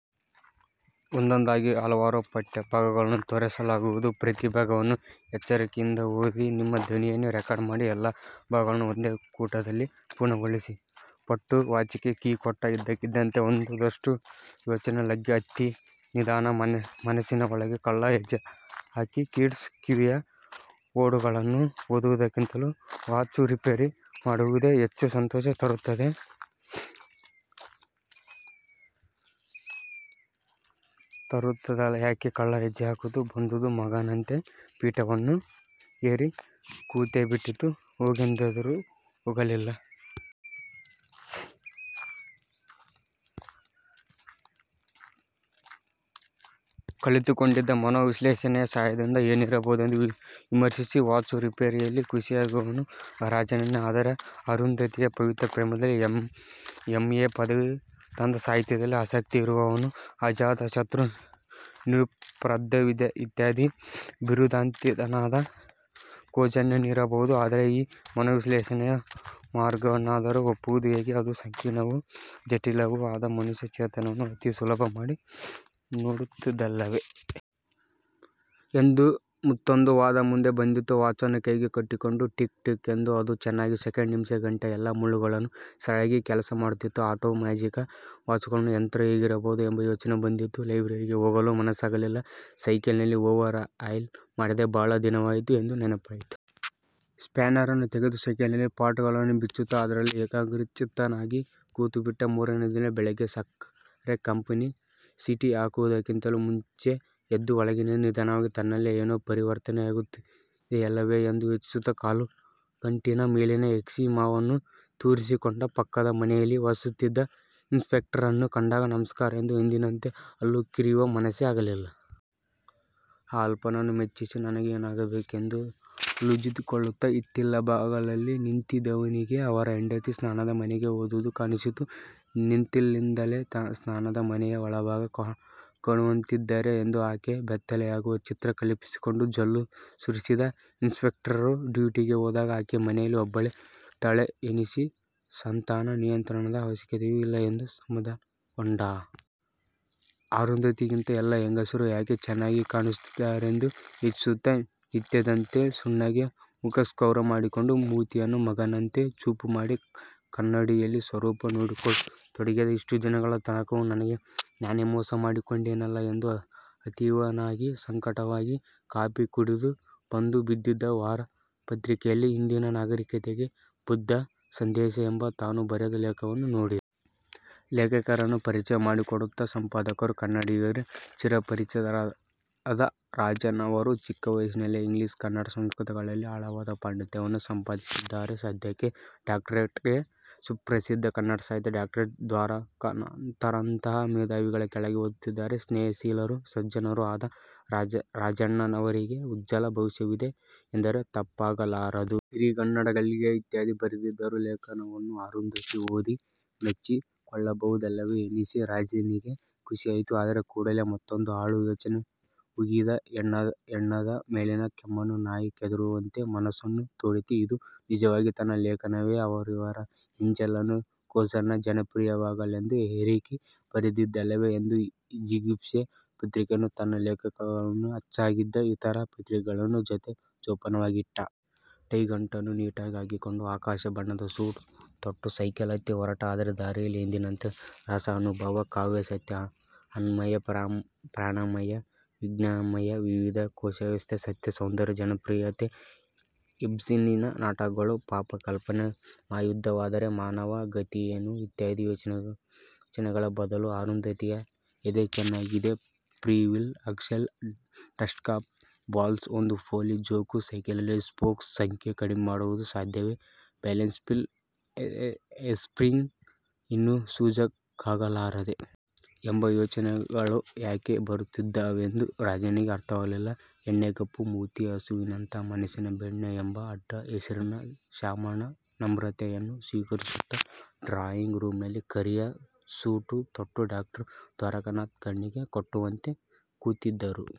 ಪಟ್ಟು ವಾಚಿಗೆ ಕೀ ಕೊಟ್ಟ. ಇದ್ದಕ್ಕಿದ್ದಂತೆ ಒಂದುದುಷ್ಟ ಯೋಚನೆ ಲಗ್ಗೆ ಹತ್ತಿ ನಿಧಾನ ಮನಸ್ಸಿನ ಒಳಗೆ ಕಳ್ಳ ಹೆಜ್ಜೆ ಹಾಕಿತು. "ಕೀಟ್ಸ್ಕವಿಯ 'ಓಡು'ಗಳನ್ನು ಓದುವುದಕ್ಕಿಂತಲೂ ವಾಚು ರಿಪೇರಿ ಮಾಡುವುದೇ ಹೆಚ್ಚು ಸಂತೋಷ ತರುತ್ತದಲ್ಲ, ಯಾಕೆ " ಕಳ್ಳ ಹೆಜ್ಜೆಹಾಕುತ್ತ ಬಂದುದು ಮಂಗನಂತೆ ಪೀಠವನ್ನೂ ಏರಿ ಕೂತೇಬಿಟ್ಟಿತು. ಹೋಗೆಂದರೂ ಹೋಗಲಿಲ್ಲ. ಕಲಿತುಕೊಂಡಿದ್ದ ಮನೋ ವಿಶ್ಲೇಷಣೆಯ ಸಹಾಯದಿಂದ ಏನಿರಬಹುದೆಂದು ವಿಮರ್ಶಿಸಿದ. "ವಾಚು ರಿಪೇರಿಯಲ್ಲಿ ಖುಷಿಯಾಗುವವನು ರಾಜಣ್ಣನೆ? ಆದರೆ ಅರುಂಧತಿಯ ಪವಿತ್ರ ಪ್ರೇಮದಲ್ಲಿ ಎಂ. ಎ. ಪದವಿ ತಂದ ಸಾಹಿತ್ಯದಲ್ಲಿ, ಆಸಕ್ತಿ ಇರುವವನು, ಅಜಾತಶತ್ರು, ನಿರುಪದ್ರವಿಇತ್ಯಾದಿ ಬಿರುದಾಂಕಿತನಾದ ಖೋಜಣ್ಣನಿರಬಹುದೆ?" ಆದರೆ ಈ ಮನೋವಿಶ್ಲೇಷಣೆಯ ಮಾರ್ಗವನ್ನಾದರೂ ಒಪ್ಪುವುದು ಹೇಗೆ? ಅದು ಸಂಕೀರ್ಣವೂ ಜಟಿಲವೂ ಆದ ಮನುಷ್ಯ ಚೇತನವನ್ನು ಅತಿ ಸುಲಭ ಮಾಡಿ ನೋಡುತ್ತದಲ್ಲವೆ? – ಎಂದು ಮತ್ತೊಂದು ವಾದ ಮುಂದೆ ಬಂದಿತು. ವಾಚನ್ನು ಕೈಗೆ ಕಟ್ಟಿಕೊಂಡ. 'ಟಿಕ್ ಟಿಕ್' ಎಂದು ಅದು ಚೆನ್ನಾಗಿ ಸೆಕೆಂಡು ನಿಮಿಷ ಗಂಟೆ ಎಲ್ಲ ಮುಳ್ಳುಗಳಲ್ಲೂ ಸರಿಯಾಗಿ ಕೆಲಸಮಾಡುತ್ತಿತ್ತು. ಆಟೋ ಮ್ಯಾಟಿಕ್ ವಾಚುಗಳ ಯಂತ್ರ ಹೇಗಿರಬಹುದು ಎಂಬ ಯೋಚನೆ ಬಂದಿತು. ಲೈಬ್ರರಿಗೆ ಹೋಗಲು ಮನಸ್ಸಾಗಲಿಲ್ಲ. ಸೈಕಲ್ಲಿಗೆ ಓವರ್ ಆಯಿಲ್ ಮಾಡದೆ ಬಹಳ ದಿನವಾಯಿತು ಎಂದು ನೆನಪಾಯಿತು. ಸ್ಪ್ಯಾನರನ್ನು ತೆಗೆದು ಸೈಕಲ್ಲಿನ ಪಾರ್ಟುಗಳನ್ನು ಬಿಚ್ಚುತ್ತ ಅದರಲ್ಲೆ ಏಕಾಗ್ರಚಿತ್ತನಾಗಿ ಕೂತುಬಿಟ್ಟ. ಮಾರನೆ ದಿನ ಬೆಳಿಗ್ಗೆ ಸಕ್ಕರೆ ಕಂಪೆನಿ ಸೀಟಿಹಾಕುವುದಕ್ಕಿಂತಲೂ ಮುಂಚೆ ಎದ್ದು ಒಳಗಿನಿಂದ ನಿಧಾನವಾಗಿ ತನ್ನಲ್ಲಿ ಏನೋ ಪರಿವರ್ತನೆಯಾಗುತ್ತಿದೆಯಲ್ಲವೇ ಎಂದು ಯೋಚಿಸುತ್ತ ಕಾಲುಗಂಟಿನ ಮೇಲಿನ ಎಕ್ಸಿಮಾವನ್ನು ತುರಿಸಿಕೊಂಡ. ಪಕ್ಕದ ಮನೆಯಲ್ಲಿ ವಾಸಿಸುತ್ತಿದ್ದ ಇನ್ಸ್ಪೆಕ್ಟರನ್ನು ಕಂಡಾಗ ನಮಸ್ಕಾರ ಎಂದು ಎಂದಿನಂತೆ ಹಲ್ಲು ಕಿರಿಯುವ ಮನಸ್ಸೇ ಆಗಲಿಲ್ಲ. ಆ ಅಲ್ಪನನ್ನು ಮೆಚ್ಚಿಸಿ ನನಗೇನಾಗಬೇಕಾಗಿದೆ ಎಂದು ಹಲ್ಲುಜ್ಜಿಕೊಳ್ಳುತ್ತ ಹಿತ್ತಿಲ ಬಾಗಲಲ್ಲಿ ನಿಂತಿದ್ದವನಿಗೆ ಅವರ ಹೆಂಡತಿ ಸ್ನಾನದ ಮನೆಗೆ ಹೋದುದು ಕಾಣಿಸಿತು. ನಿಂತಲ್ಲಿಂದಲೇ ಸ್ನಾನದ ಮನೆಯ ಒಳಭಾಗ ಕಾಣುವಂತಿದ್ದರೆ ಎಂದು ಆಕೆ ಬೆತ್ತಲೆಯಾಗುವ ಚಿತ್ರ ಕಲ್ಪಿಸಿಕೊಂಡು ಜೊಲ್ಲು ಸುರಿಸಿದ. ಇನ್ಸ್ಪೆಕ್ಟರರು ಡ್ಯೂಟಿಗೆ ಹೋದಾಗ ಆಕೆ ಮನೆಯಲ್ಲಿ ಒಬ್ಬಳೇ ಇರುತ್ತಾಳೆ ಎನ್ನಿಸಿ ಸಂತಾನ ನಿಯಂತ್ರಣದ ಅವಶ್ಯಕತೆಯೂ ಇಲ್ಲ ಎಂದು ಸಮಾಧಾನಗೊಂಡ. ಅರುಂಧತಿಗಿಂತ ಎಲ್ಲ ಹೆಂಗಸರೂ ಯಾಕೆ ಚೆನ್ನಾಗಿ ಕಾಣಿಸುತ್ತಾರೆಂದು ಯೋಚಿಸುತ್ತ ನಿತ್ಯದಂತೆ ನುಣ್ಣಗೆ ಮುಖಕ್ಷೌರ ಮಾಡಿಕೊಂಡು. ಮೂತಿಯನ್ನು ಮಂಗನಂತೆ ಚೂಪುಮಾಡಿ ಕನ್ನಡಿಯಲ್ಲಿ ಸ್ವರೂಪ ನೋಡಿಕೊಳ್ಳತೊಡಗಿದ ಇಷ್ಟು ದಿನಗಳ ತನಕವೂ ನನಗೆ ನಾನೇ ಮೋಸ ಮಾಡಿಕೊಂಡೆನಲ್ಲಾ ಎಂದು ಅತೀವವಾಗಿ ಸಂಕಟವಾಗಿ ಕಾಫಿ ಕುಡಿದು ಬಂದು ಬಿದ್ದಿದ್ದ ವಾರಪತ್ರಿಕೆಯಲ್ಲಿ 'ಇಂದಿನ ನಾಗರಿಕತೆಗೆ ಬುದ್ಧನ ಸಂದೇಸ' ಎಂಬ ತಾನು ಬರೆದ ಲೇಖನವನ್ನು ನೋಡಿದ. ಲೇಖಕರನ್ನು ಪರಿಚಯ ಮಾಡಿಕೊಡುತ್ತ ಸಂಪಾದಕರು, "ಕನ್ನಡಿಗರಿಗೆ ಚಿರಪರಿಚಿತರಾದ ರಾಜಣ್ಣನವರು ಚಿಕ್ಕ ವಯಸ್ಸಿನಲ್ಲಿಯೇ ಇಂಗ್ಲಿಷ್ ಕನ್ನಡ ಸಂಸ್ಕೃತಗಳಲ್ಲಿ ಆಳವಾದ ಪಾಂಡಿತ್ಯವನ್ನು ಸಂಪಾದಿಸಿದ್ದಾರೆ ಸದ್ಯಕ್ಕೆ ಡಾಕ್ಟರೇಟ್ಗೆ ಸುಪ್ರಸಿದ್ಧ ಕನ್ನಡ ಸಾಹಿತಿ ಡಾಕ್ಟರ್ ದ್ವಾರಕಾನಾಥರಂತಹ ಮೇಧಾವಿಗಳ ಕೆಳಗೆ ಓದುತ್ತಿದ್ದಾರೆ ಸ್ನೇಹಶೀಲರೂ ಸಜ್ಜನರೂ ಆದ ರಾಜಣ್ಣನವರಿಗೆ ಉಜ್ವಲ ಭವಿಷ್ಯವಿದೆ ಎಂದರೆ ತಪ್ಪಾಗಲಾರದು. ಸಿರಿಗನ್ನಡಂಗೆಲ್ಗೆ ' ಇತ್ಯಾದಿ ಬರೆದಿದ್ದರು. ಲೇಖನವನ್ನು ಅರುಂಧತಿ ಓದಿ ಮೆಚ್ಚಿ ಕೊಳ್ಳಬಹುದಲ್ಲವೆ ಎನ್ನಿಸಿ ರಾಜಣ್ಣನಿಗೆ ಖುಷಿಯಾಯಿತು. ಆದರೆ ಕೂಡಲೇ ಮತ್ತೊಂದು ಹಾಳು ಯೋಚನೆ ಹುಗಿದ ಹೆಣದ ಮೇಲಿನ ಕೆಮ್ಮಣ್ಣನ್ನು ನಾಯಿ ಕೆದರುವಂತೆ ಮನಸ್ಸನ್ನು ತೋಡಿತು. "ಇದು ನಿಜವಾಗಿ ನನ್ನ ಲೇಖನವೆ? ಅವರಿವರ ಎಂಜಲನ್ನು ಖೋಜಣ್ಣ ಜನಪ್ರಿಯವಾಗಲೆಂದು ಹೆರಕಿ ಬರೆದಿದ್ದಲ್ಲವೆ" ಎಂದು ಜಿಗುಪ್ಸೆಯಾಗಿ ಪತ್ರಿಕೆಯನ್ನು ತನ್ನ ಲೇಖನಗಳನ್ನು ಅಚ್ಚಾಗಿದ್ದ ಇತರ ಪತ್ರಿಕೆಗಳ ಜೊತೆ ಜೋಪಾನವಾಗಿಟ್ಟ. ಟೈ ಗಂಟನ್ನು ನೀಟಾಗಿ ಹಾಕಿಕೊಂಡು ಆಕಾಶಬಣ್ಣದ ಸೂಟ್ ತೊಟ್ಟು ಸೈಕಲ್ ಹತ್ತಿ ಹೊರಟ. ಆದರೆ ದಾರಿಯಲ್ಲಿ ಎಂದಿನಂತೆ "ರಸಾನುಭವ ಕಾವ್ಯ ಸತ್ಯ ಅನ್ನಮಯ ಪ್ರಾಣಮಯ ವಿಜ್ಞಾನಮಯ ವಿವಿಧ ಕೋಶಾವಸ್ಥೆ ಸತ್ಯ, ಸೌಂದರ್ಯ ಜನಪ್ರಿಯತೆ ಇಬ್ಸನ್ನಿನ ನಾಟಕಗಳಲ್ಲಿ ಪಾಪ ಕಲ್ಪನೆ, ಮಹಾಯುದ್ಧವಾದರೆ ಮಾನವನ ಗತಿಯೇನು? " ಇತ್ಯಾದಿ ಯೋಚನೆಗಳ ಬದಲು "ಅರುಂಧತಿಯ ಎದೆ ಚೆನ್ನಾಗಿದೆ – ಫ್ರಿವೀಲ್, ಆಕ್ಸೆಲ್, ಡಸ್ಟ್ಕ್ಯಾಪ್, ಬಾಲ್ಸ್, ಒಂದು ಪೋಲಿ ಜೋಕು, ಸೈಕಲ್ಲಿನ ಸ್ಪೋಕ್ಸ್ ಸಂಖ್ಯೆ ಕಡಿಮೆ ಮಾಡುವುದು ಸಾಧ್ಯವೆ; ಬ್ಯಾಲನ್ಸ್ವೀಲ್ ಹೇರ್ಸ್ಪ್ರಿಂಗ್ ಇನ್ನೂ ನೂಜೂಕಾಗಲಾರದೆ? " ಎಂಬ ಯೋಚನೆಗಳು ಯಾಕೆ ಬರುತ್ತಿದ್ದಾವೆಂದು ರಾಜಣ್ಣನಿಗೆ ಅರ್ಥವಾಗಲಿಲ್ಲ. ಎಣ್ಣೆಗಪ್ಪು ಮೂತಿಯ ಹಸುವಿನಂತಹ ಮನಸ್ಸಿನ 'ಬೆಣ್ಣೆ' ಎಂಬ ಅಡ್ಡ ಹೆಸರಿನ ಶಾಮಣ್ಣನ ನಮ್ರತೆಯನ್ನು ಸ್ವೀಕರಿಸುತ್ತ ಡ್ರಾಯಿಂಗ್ ರೂಮಿನಲ್ಲಿ ಕರಿಯ ಸೂಟು ತೊಟ್ಟು ಡಾಕ್ಟರ್ ದ್ವಾರಕನಾಥ ಕಣ್ಣಿಗೆ ಕಟ್ಟುವಂತೆ ಕೂತಿದ್ದರು.